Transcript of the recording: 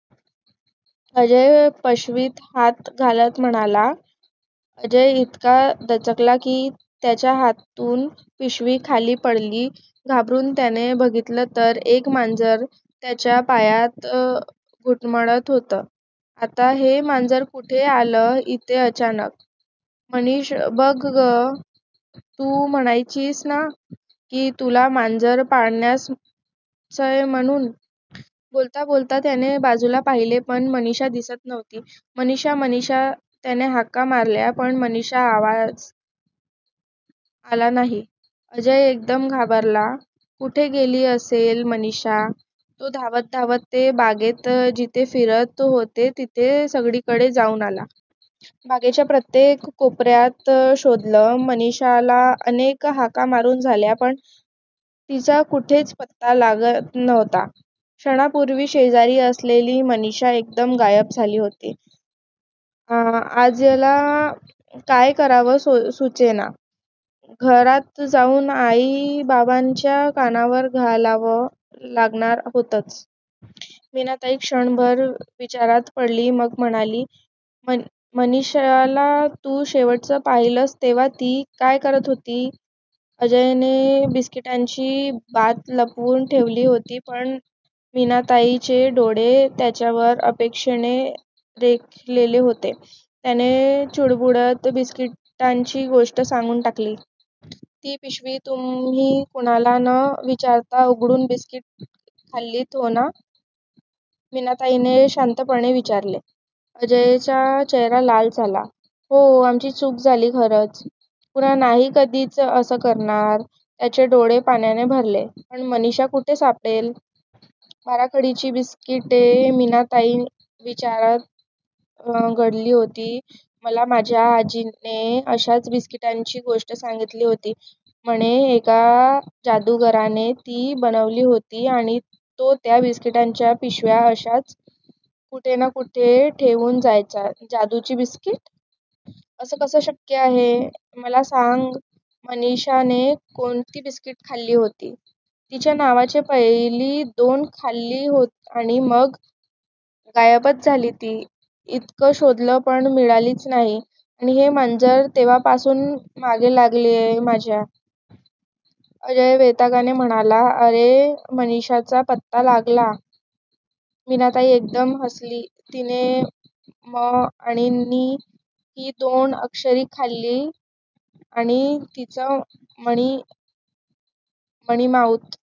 अजय पशवीत हात घालत म्हणाला. अजय इतका दचकला की त्याच्या हातून पिशवी खाली पडली. घाबरून त्याने बघितलं तर एक मांजर त्याच्या पायात घुटमळत होतं. आता हे मांजर कुठे आलं इथे अचानक. मनीष बघ ग, तु म्हणायचीस ना की तुला मांजर पाळण्यासच म्हणून? बोलता बोलता त्याने बाजूला पाहिले पण मनीषा दिसत नव्हती. "मनीषा, मनीषा" त्याने हाका मारल्या पण मनीषाचा आवाज आला नाही. अजय एकदम घाबरला. कुठे गेली असेल मनीषा. तो धावत धावत ते बागेत जिथे फिरत होते तिथे सगळीकडे जाऊन आला. बागेच्या प्रत्येक कोपऱ्यात शोधलं, मनीषाला अनेक हाका मारून झाल्या पण तिचा कुठेच पत्ता लागत नव्हता. क्षणापूर्वी शेजारी असलेली मनीषा एकदम गायब झाली होती. अजयला काय करावं सुचेना. घरात जाऊन आई बाबांच्या कानावर घालावं लागणार होतंच. मीनाताई क्षणभर विचारात पडली मग म्हणाली. "मनीषाला तू शेवटचं पाहिलस तेव्हा ती काय करत होती"? अजयने बिस्किटांची बात लपवून ठेवली होती पण मीनाताईचे डोळे त्याच्यावर अपेक्षेने देखलेले होते. त्याने चुळबुळत बिस्किटांची गोष्ट सांगून टाकली. "ती पिशवी तुम्ही कोणाला न विचारता उघडून बिस्किटे खाल्लीत, हो ना"? मीनाताईने शांतपणे विचारले. अजयचा चेहरा लाल झाला " हो आमची चूक झाली खरंच. पुन्हा नाही कधीच असं करणार' त्याचे डोळे पाण्याने भरले ' पण मनीषा कुठे सापडेल? " बाराखडीची बिस्किटे मीनाताई विचारात गढली होती मला माझ्या आजीने अशाच बिस्किटांची गोष्ट सांगितली होती. म्हणे एका जादूगाराने ती बनवली होती आणि तो त्या बिस्किटांच्या पिशव्या अशाच कुठे ना कुठे ठेवून जायचा "जादूची बिस्किटं?" असं कसं शक्य आहे? " "मला सांग मनीषाने कोणती बिस्किटे खाल्ली होती?" "तिच्या नावाची. पहिली दोन खाल्ली आणि मग गायबच झाली ती." इतकं शोधलं पण मिळालीच नाही. आणि हे मांजर तेव्हापासून मागे लागलय माझ्या.! " अजय वैतागाने म्हणाला. "अरे मनीषाचा पत्ता लागला! "मीनाताई एकदम हसली "तिने 'म' आणि 'नी' ही दोन अक्षरे खाल्ली आणि तिचं मनी मनीमाऊत